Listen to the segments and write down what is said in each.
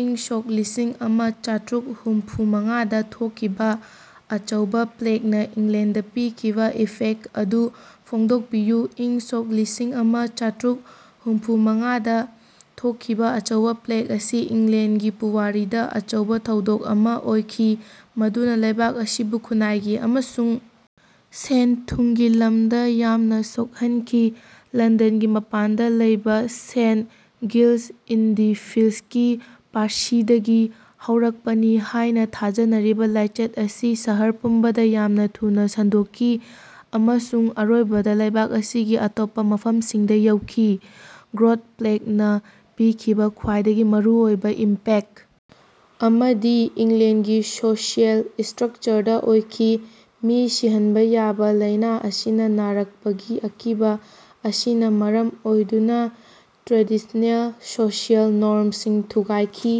ꯏꯪ ꯁꯣꯛ ꯂꯤꯁꯤꯡꯑꯃꯥ ꯆꯥꯇ꯭ꯔꯨꯛ ꯍꯨꯝꯐꯨꯃꯉꯥꯗꯥ ꯊꯣꯛꯈꯤꯕꯥ ꯑꯆꯧꯕꯥ ꯄ꯭ꯂꯦꯛꯅꯥ ꯏꯪꯂꯦꯟꯗꯥ ꯄꯤꯈꯤꯕꯥ ꯏꯐꯦꯛꯇ ꯑꯗꯨ ꯐꯣꯡꯗꯣꯛꯄꯤꯌꯨ꯫ ꯏꯪ ꯁꯣꯛ ꯂꯤꯁꯤꯡꯑꯃꯥ ꯆꯥꯇ꯭ꯔꯨꯛ ꯍꯨꯝꯐꯨꯃꯉꯥꯗꯥ ꯊꯣꯛꯈꯤꯕꯥ ꯑꯆꯧꯕꯥ ꯄ꯭ꯂꯦꯛ ꯑꯁꯤ ꯏꯪꯂꯦꯟꯒꯤ ꯄꯨꯋꯥꯔꯤꯗꯥ ꯑꯆꯧꯕꯥ ꯊꯧꯗꯣꯛ ꯑꯃꯥ ꯑꯣꯏꯈꯤ, ꯃꯗꯨꯅꯥ ꯂꯩꯕꯥꯛ ꯑꯁꯤꯕꯨ ꯈꯨꯟꯅꯥꯏꯒꯤ ꯑꯃꯁꯨꯡ ꯁꯦꯜ-ꯊꯨꯝꯒꯤ ꯂꯝꯗꯥ ꯌꯥꯝꯅꯥ ꯁꯣꯛꯍꯟꯈꯤ꯫ ꯂꯟꯗꯟꯒꯤ ꯃꯄꯥꯟꯗꯥ ꯂꯩꯕꯥ ꯁꯦꯟꯇ ꯒꯤꯜꯁ-ꯏꯟ-ꯗꯤ-ꯐꯤꯜꯁꯀꯤ ꯄꯥꯔꯁꯤꯗꯒꯤ ꯍꯧꯔꯛꯄꯅꯤ ꯍꯥꯏꯅꯥ ꯊꯥꯖꯅꯔꯤꯕꯥ ꯂꯥꯏꯆꯠ ꯑꯁꯤ ꯁꯍꯔ ꯄꯨꯝꯕꯗꯥ ꯌꯥꯝꯅꯥ ꯊꯨꯅꯥ ꯁꯟꯗꯣꯛꯈꯤ ꯑꯃꯁꯨꯡ ꯑꯔꯣꯏꯕꯗꯥ ꯂꯩꯕꯥꯛ ꯑꯁꯤꯒꯤ ꯑꯇꯣꯞꯄꯥ ꯃꯐꯝꯁꯤꯡꯗꯥ ꯌꯧꯈꯤ꯫ ꯒ꯭ꯔꯦꯠ ꯄ꯭ꯂꯦꯛꯅꯥ ꯄꯤꯈꯤꯕꯥ ꯈ꯭ꯋꯥꯏꯗꯒꯤ ꯃꯔꯨꯑꯣꯏꯕꯥ ꯏꯝꯄꯦꯛ ꯑꯃꯗꯤ ꯏꯪꯂꯦꯟꯒꯤ ꯁꯣꯁꯤꯑꯦꯜ ꯏꯁꯇ꯭ꯔꯛꯆꯔꯗꯥ ꯑꯣꯏꯈꯤ꯫ ꯃꯤ ꯁꯤꯍꯟꯕꯥ ꯌꯥꯕ ꯂꯥꯏꯅꯥ ꯑꯁꯤꯅꯥ ꯅꯥꯔꯛꯄꯒꯤ ꯑꯀꯤꯕꯥ ꯑꯁꯤꯅꯥ ꯃꯔꯝ ꯑꯣꯏꯗꯨꯅꯥ ꯇ꯭ꯔꯦꯗꯤꯁꯅꯦꯜ ꯁꯣꯁꯤꯑꯦꯜ ꯅꯣꯔꯝꯁꯤꯡ ꯊꯨꯒꯥꯏꯈꯤ꯫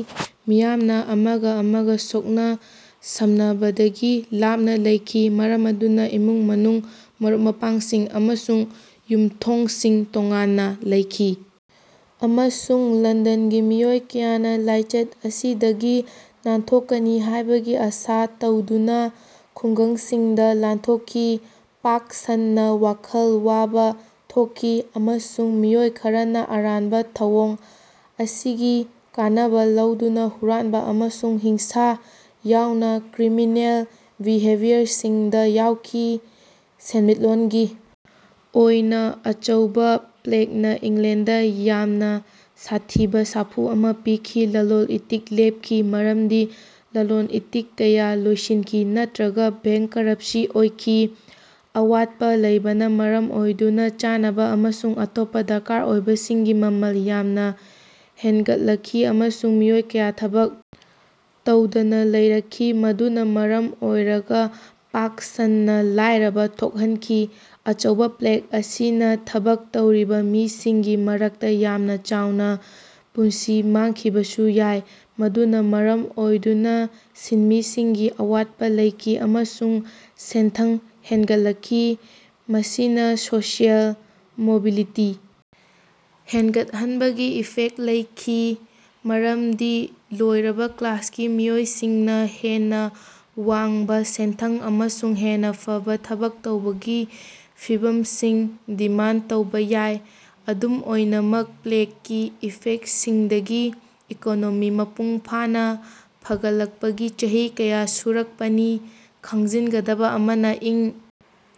ꯃꯤꯌꯥꯝꯅꯥ ꯑꯃꯒꯥ ꯑꯃꯒꯥ ꯁꯣꯛꯅ-ꯁꯝꯅꯕꯗꯒꯤ ꯂꯥꯞꯅꯥ ꯂꯩꯈꯤ, ꯃꯔꯝ ꯑꯗꯨꯅꯥ ꯏꯃꯨꯡ-ꯃꯅꯨꯡ, ꯃꯔꯨꯞ-ꯃꯄꯥꯡꯁꯤꯡ ꯑꯃꯁꯨꯡ ꯌꯨꯝꯊꯣꯡꯁꯤꯡ ꯇꯣꯉꯥꯟꯅꯥ ꯂꯩꯈꯤ ꯑꯃꯁꯨꯡ ꯂꯟꯗꯟꯒꯤ ꯃꯤꯑꯣꯏ ꯀꯌꯥꯅꯥ ꯂꯥꯏꯆꯠ ꯑꯁꯤꯗꯒꯤ ꯅꯥꯟꯊꯣꯛꯀꯅꯤ ꯍꯥꯏꯕꯒꯤ ꯑꯥꯁꯥ ꯇꯧꯗꯨꯅꯥ ꯈꯨꯡꯒꯪꯁꯤꯡꯗꯥ ꯂꯥꯟꯊꯣꯛꯈꯤ꯫ ꯄꯥꯛ ꯁꯟꯅꯥ ꯋꯥꯈꯜ ꯋꯥꯕꯥ ꯊꯣꯛꯈꯤ ꯑꯃꯁꯨꯡ ꯃꯤꯑꯣꯏ ꯈꯔꯅꯥ ꯑꯔꯥꯟꯕꯥ ꯊꯧꯑꯣꯡ ꯑꯁꯤꯒꯤ ꯀꯥꯟꯅꯕꯥ ꯂꯧꯗꯨꯅꯥ ꯍꯨꯔꯥꯟꯕꯥ ꯑꯃꯁꯨꯡ ꯍꯤꯡꯁꯥ ꯌꯥꯎꯅꯥ ꯀ꯭ꯔꯤꯃꯤꯅꯦꯜ ꯕꯤꯍꯦꯕꯤꯌꯔꯁꯤꯡꯗꯥ ꯌꯥꯎꯈꯤ꯫ ꯁꯦꯟꯃꯤꯠꯂꯣꯟꯒꯤ ꯑꯣꯏꯅꯥ ꯑꯆꯧꯕꯥ ꯄ꯭ꯂꯦꯛꯅꯥ ꯏꯪꯂꯦꯟꯗꯗꯥ ꯌꯥꯝꯅꯥ ꯁꯥꯊꯤꯕꯥ ꯁꯥꯐꯨ ꯑꯃꯥ ꯄꯤꯈꯤ꯫ ꯂꯂꯣꯟ-ꯏꯇꯤꯛ ꯂꯦꯞꯈꯤ, ꯃꯔꯝꯗꯤ ꯂꯂꯣꯟ-ꯏꯇꯤꯛ ꯀꯌꯥ ꯂꯣꯏꯁꯤꯟꯈꯤ ꯅꯠꯇ꯭ꯔꯒꯥ ꯕꯦꯡꯀ꯭ꯔꯞꯁꯤ ꯑꯣꯏꯈꯤ꯫ ꯑꯋꯥꯠꯄꯥ ꯂꯩꯕꯅꯥ ꯃꯔꯝ ꯑꯣꯏꯗꯨꯅꯥ ꯆꯥꯅꯕꯥ ꯑꯃꯁꯨꯡ ꯑꯇꯣꯞꯄꯥ ꯗꯔꯀꯥꯔ ꯑꯣꯏꯕꯁꯤꯡꯒꯤ ꯃꯃꯜ ꯌꯥꯝꯅꯥ ꯍꯦꯟꯒꯠꯂꯛꯈꯤꯑꯃꯁꯨꯡ ꯃꯤꯑꯣꯏ ꯀꯌꯥ ꯊꯕꯛ ꯇꯧꯗꯅꯥ ꯂꯩꯔꯛꯈꯤ, ꯃꯗꯨꯅꯥ ꯃꯔꯝ ꯑꯣꯏꯔꯒꯥ ꯄꯥꯛ ꯁꯟꯅꯥ ꯂꯥꯏꯔꯕꯥ ꯊꯣꯛꯍꯟꯈꯤ꯫ ꯑꯆꯧꯕꯥ ꯄ꯭ꯂꯦꯛ ꯑꯁꯤꯅꯥ ꯊꯕꯛ ꯇꯧꯔꯤꯕꯥ ꯃꯤꯁꯤꯡꯒꯤ ꯃꯔꯛꯇꯥ ꯌꯥꯝꯅꯥ ꯆꯥꯎꯅꯥ ꯄꯨꯟꯁꯤ ꯃꯥꯡꯈꯤꯕꯁꯨ ꯌꯥꯏ, ꯃꯗꯨꯅꯥ ꯃꯔꯝ ꯑꯣꯏꯗꯨꯅꯥ ꯁꯤꯟꯃꯤꯁꯤꯡꯒꯤ ꯑꯋꯥꯠꯄꯥ ꯂꯩꯈꯤ ꯑꯃꯁꯨꯡ ꯁꯦꯟꯊꯪ ꯍꯦꯟꯒꯠꯂꯛꯈꯤ꯫ ꯃꯁꯤꯅꯥ ꯁꯣꯁꯤꯑꯦꯜ ꯃꯣꯕꯤꯂꯤꯇꯤ ꯍꯦꯟꯒꯠꯍꯟꯕꯒꯤ ꯏꯐꯦꯛ ꯂꯩꯈꯤ, ꯃꯔꯝꯗꯤ ꯂꯣꯏꯔꯕꯥ ꯀ꯭ꯂꯥꯁꯀꯤ ꯃꯤꯑꯣꯏꯁꯤꯡꯅꯥ ꯍꯦꯟꯅꯥ ꯋꯥꯡꯕꯥ ꯁꯦꯟꯊꯪ ꯑꯃꯁꯨꯡ ꯍꯦꯟꯅꯥ ꯐꯕꯥ ꯊꯕꯛ ꯇꯧꯕꯒꯤ ꯐꯤꯚꯝꯁꯤꯡ ꯗꯤꯃꯥꯟꯗ ꯇꯧꯕꯥ ꯌꯥꯏ꯫ ꯑꯗꯨꯝ ꯑꯣꯏꯅꯃꯛ, ꯄ꯭ꯂꯦꯛꯀꯤ ꯏꯐꯦꯛꯁꯤꯡꯗꯒꯤ ꯏꯀꯣꯅꯣꯃꯤ ꯃꯄꯨꯡ ꯐꯥꯅꯥ ꯐꯒꯠꯂꯛꯄꯒꯤ ꯆꯍꯤ ꯀꯌꯥ ꯁꯨꯔꯛꯄꯅꯤ꯫ ꯈꯪꯖꯤꯟꯒꯗꯕꯥ ꯑꯃꯅꯥ, ꯏꯪ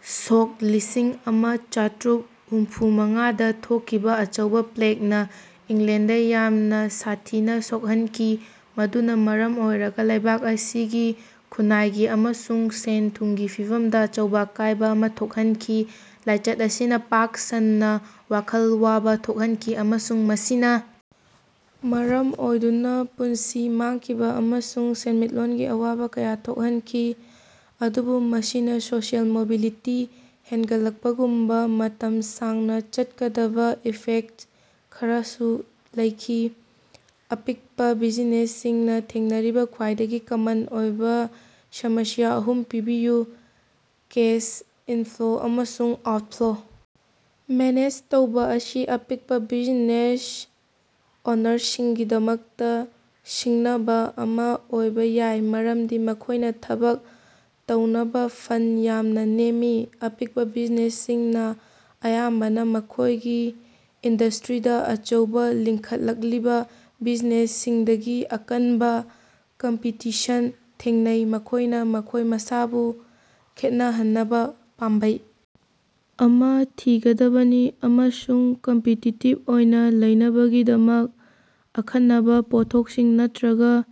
ꯁꯣꯛ ꯂꯤꯁꯤꯡꯑꯃꯥ ꯆꯥꯇ꯭ꯔꯨꯛ ꯍꯨꯝꯐꯨꯃꯉꯥꯗꯥ ꯊꯣꯛꯈꯤꯕꯥ ꯑꯆꯧꯕꯥ ꯄ꯭ꯂꯦꯛꯅꯥ ꯏꯪꯂꯦꯟꯗꯥ ꯌꯥꯝꯅꯥ ꯁꯥꯊꯤꯅꯥ ꯁꯣꯛꯍꯟꯈꯤ, ꯃꯗꯨꯅꯥ ꯃꯔꯝ ꯑꯣꯏꯔꯒꯥ ꯂꯩꯕꯥꯛ ꯑꯁꯤꯒꯤ ꯈꯨꯟꯅꯥꯏꯒꯤ ꯑꯃꯁꯨꯡ ꯁꯦꯜ-ꯊꯨꯝꯒꯤ ꯐꯤꯚꯝꯗꯥ ꯑꯆꯧꯕꯥ ꯑꯀꯥꯏꯕꯥ ꯑꯃꯥ ꯊꯣꯛꯍꯟꯈꯤ꯫ ꯂꯥꯏꯆꯠ ꯑꯁꯤꯅꯥ ꯄꯥꯛ ꯁꯟꯅꯥ ꯋꯥꯈꯜ ꯋꯥꯕꯥ ꯊꯣꯛꯍꯟꯈꯤ ꯑꯃꯁꯨꯡ ꯃꯁꯤꯅꯥ ꯃꯔꯝ ꯑꯣꯏꯗꯨꯅꯥ ꯄꯨꯟꯁꯤ ꯃꯥꯡꯈꯤꯕꯥ ꯑꯃꯁꯨꯡ ꯁꯦꯟꯃꯤꯠꯂꯣꯟꯒꯤ ꯑꯋꯥꯕꯥ ꯀꯌꯥ ꯊꯣꯛꯍꯟꯈꯤ, ꯑꯗꯨꯕꯨ ꯃꯁꯤꯅꯥ ꯁꯣꯁꯤꯑꯦꯜ ꯃꯣꯕꯤꯂꯤꯇꯤ ꯍꯦꯟꯒꯠꯂꯛꯄꯒꯨꯝꯕꯥ ꯃꯇꯝ ꯁꯥꯡꯅꯥ ꯆꯠꯀꯗꯕꯥ ꯏꯐꯦꯛꯇ ꯈꯔꯁꯨ ꯂꯩꯈꯤ꯫ ꯑꯄꯤꯛꯄꯥ ꯕꯤꯖꯤꯅꯦꯁꯁꯤꯡꯅꯥ ꯊꯦꯡꯅꯔꯤꯕꯥ ꯈ꯭ꯋꯥꯏꯗꯒꯤ ꯀꯃꯟ ꯑꯣꯏꯕꯥ ꯁꯃꯁ꯭ꯌꯥ ꯑꯍꯨꯝ ꯄꯟꯕꯤꯌꯨ꯫ ꯀꯦꯁ ꯏꯟꯐ꯭ꯂꯣ ꯑꯃꯁꯨꯡ ꯑꯥꯎꯠꯐ꯭ꯂꯣ ꯃꯦꯅꯦꯖ ꯇꯧꯕꯥ ꯑꯁꯤ ꯑꯄꯤꯛꯄꯥ ꯕꯤꯖꯤꯅꯦꯁ ꯑꯣꯅꯔꯁꯤꯡꯒꯤꯗꯃꯛꯇꯥ ꯁꯤꯡꯅꯕꯥ ꯑꯃꯥ ꯑꯣꯏꯕꯥ ꯌꯥꯏ ꯃꯔꯝꯗꯤ ꯃꯈꯣꯏꯅꯥ ꯊꯕꯛ ꯇꯧꯅꯕꯥ ꯐꯟ ꯌꯥꯝꯅꯥ ꯅꯦꯝꯃꯤ꯫ ꯑꯄꯤꯛꯄꯥ ꯕꯤꯖꯤꯅꯦꯁꯁꯤꯡꯅꯥ ꯑꯌꯥꯝꯕꯅꯥ ꯃꯈꯣꯏꯒꯤ ꯏꯟꯗꯁꯇ꯭ꯔꯤꯗꯥ ꯑꯆꯧꯕꯥ, ꯂꯤꯡꯈꯠꯂꯛꯂꯤꯕꯥ ꯕꯤꯖꯤꯅꯦꯁꯁꯤꯡꯗꯒꯤ ꯑꯀꯟꯕꯥ ꯀꯝꯄꯤꯇꯤꯁꯟ ꯊꯦꯡꯅꯩ꯫ ꯃꯈꯣꯏꯅꯥ ꯃꯈꯣꯏ ꯃꯁꯥꯕꯨ ꯈꯦꯠꯅꯍꯟꯅꯕꯥ ꯄꯥꯝꯕꯩ ꯑꯃꯥ ꯊꯤꯒꯗꯕꯅꯤ ꯑꯃꯁꯨꯡ ꯀꯝꯄꯤꯇꯤꯇꯤꯞ ꯑꯣꯏꯅꯥ ꯂꯩꯅꯕꯒꯤꯗꯃꯛ ꯑꯈꯟꯅꯕꯥ ꯄꯣꯠꯊꯣꯛꯁꯤꯡ ꯅꯠꯇ꯭ꯔꯒꯥ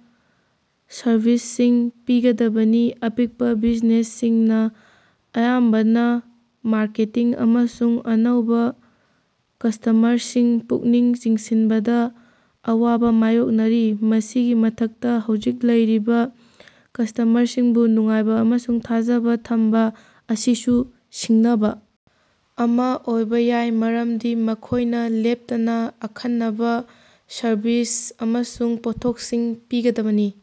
ꯁꯔꯕꯤꯁꯁꯤꯡ ꯄꯤꯒꯗꯕꯅꯤ꯫ ꯑꯄꯤꯛꯄꯥ ꯕꯤꯖꯤꯅꯦꯁꯁꯤꯡꯅꯥ ꯑꯌꯥꯝꯕꯅꯥ ꯃꯥꯔꯀꯦꯇꯤꯡ ꯑꯃꯁꯨꯡ ꯑꯅꯧꯕꯥ ꯀꯁꯇꯃꯔꯁꯤꯡ ꯄꯨꯛꯅꯤꯡ ꯆꯤꯡꯁꯤꯟꯕꯗꯥ ꯑꯋꯥꯕꯥ ꯃꯥꯌꯣꯛꯅꯔꯤ꯫ ꯃꯁꯤꯒꯤ ꯃꯊꯛꯇꯥ, ꯍꯧꯖꯤꯛ ꯂꯩꯔꯤꯕꯥ ꯀꯁꯇ꯭ꯃꯔꯁꯤꯡꯕꯨ ꯅꯨꯡꯉꯥꯏꯕꯥ ꯑꯃꯁꯨꯡ ꯊꯥꯖꯕꯥ ꯊꯝꯕꯥ ꯑꯁꯤꯁꯨ ꯁꯤꯡꯅꯕꯥ ꯑꯃꯥ ꯑꯣꯏꯕꯥ ꯌꯥꯏ, ꯃꯔꯝꯗꯤ ꯃꯈꯣꯏꯅꯥ ꯂꯦꯞꯇꯅꯥ ꯑꯈꯟꯅꯕꯥ ꯁꯔꯚꯤꯁ ꯑꯃꯁꯨꯡ ꯄꯣꯠꯊꯣꯛꯁꯤꯡ ꯄꯤꯒꯗꯕꯅꯤ꯫